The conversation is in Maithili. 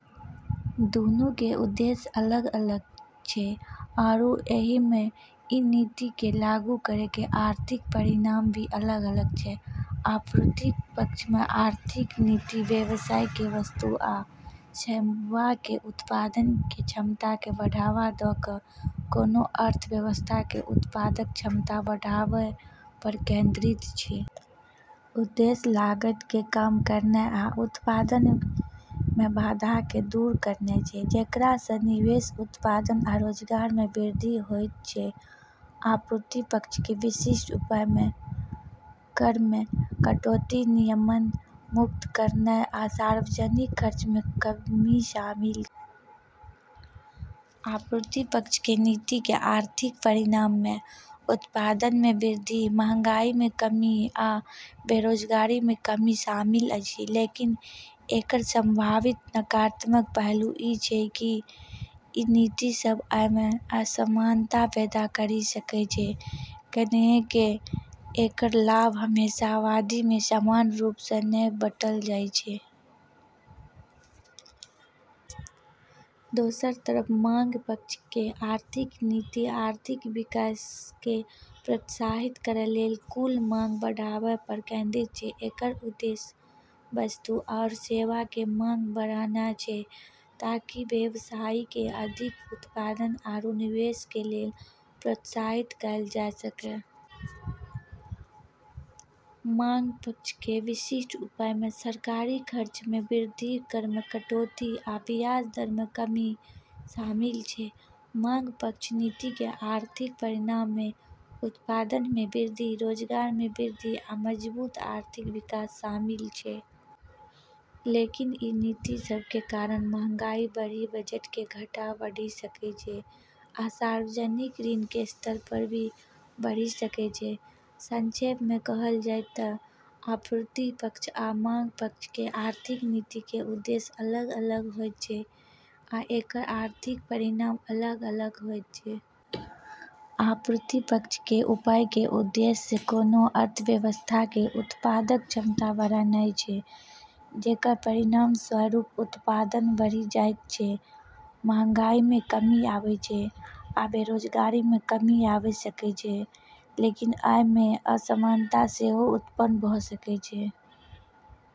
दूनू के उद्देश्य अलग-अलग छै, आरू एहि में ई नीति के लागू करै के आर्थिक परिणाम भी अलग-अलग छै। आपूर्ति पक्ष के आर्थिक नीति व्यवसाय के वस्तु आ सेवा के उत्पादन के क्षमता के बढ़ावा दऽ कऽ कोनो अर्थव्यवस्था के उत्पादक क्षमता बढ़ाबय पर केंद्रित छै। उद्देश्य लागत के कम करनाय आ उत्पादन में बाधा के दूर करनाय छै, जेकरा सँ निवेश, उत्पादन, आ रोजगार में वृद्धि होयत छै। आपूर्ति पक्ष के विशिष्ट उपाय में कर में कटौती, नियमनमुक्त करनाय, आ सार्वजनिक खर्च में कमी शामिल छै। आपूर्ति पक्ष के नीति के आर्थिक परिणाम में उत्पादन में वृद्धि, महंगाई में कमी, आ बेरोजगारी में कमी शामिल अछि। लेकिन एकर संभावित नकारात्मक पहलू ई छै कि ई नीति सब आय में असमानता पैदा करी सकै छै, कैन्हेंकि एकर लाभ हमेशा आबादी में समान रूप सँ नै बँटल जाय छै। दोसर तरफ मांग पक्ष के आर्थिक नीति आर्थिक विकास केँ प्रोत्साहित करै लेल कुल मांग बढ़ाबय पर केंद्रित छै। एकर उद्देश्य वस्तु आरू सेवा के मांग बढ़ाना छै ताकि व्यवसायी केँ अधिक उत्पादन आरू निवेश के लेल प्रोत्साहित कएल जाय सकै। मांग पक्ष के विशिष्ट उपाय में सरकारी खर्च में वृद्धि, कर में कटौती, आ ब्याज दर में कमी शामिल छै। मांग पक्ष नीति के आर्थिक परिणाम में उत्पादन में वृद्धि, रोजगार में वृद्धि, आ मजबूत आर्थिक विकास शामिल छै। लेकिन ई नीति सब के कारण महंगाई बढ़ी, बजट के घाटा बढ़ी सकै छै, आ सार्वजनिक ऋण के स्तर भी बढ़ी सकै छै। संक्षेप में कहल जाय तऽ आपूर्ति पक्ष आ मांग पक्ष के आर्थिक नीति के उद्देश्य अलग-अलग होइत छै आ एकर आर्थिक परिणाम अलग-अलग होइत छै। आपूर्ति पक्ष के उपाय के उद्देश्य कोनो अर्थव्यवस्था के उत्पादक क्षमता बढ़ाना छै, जेकर परिणामस्वरूप उत्पादन बढ़ी जाइत छै, महंगाई में कमी आबै छै, आ बेरोजगारी में कमी आबी सकै छै, लेकिन आय में असमानता सेहो उत्पन्न भ' सकै छै।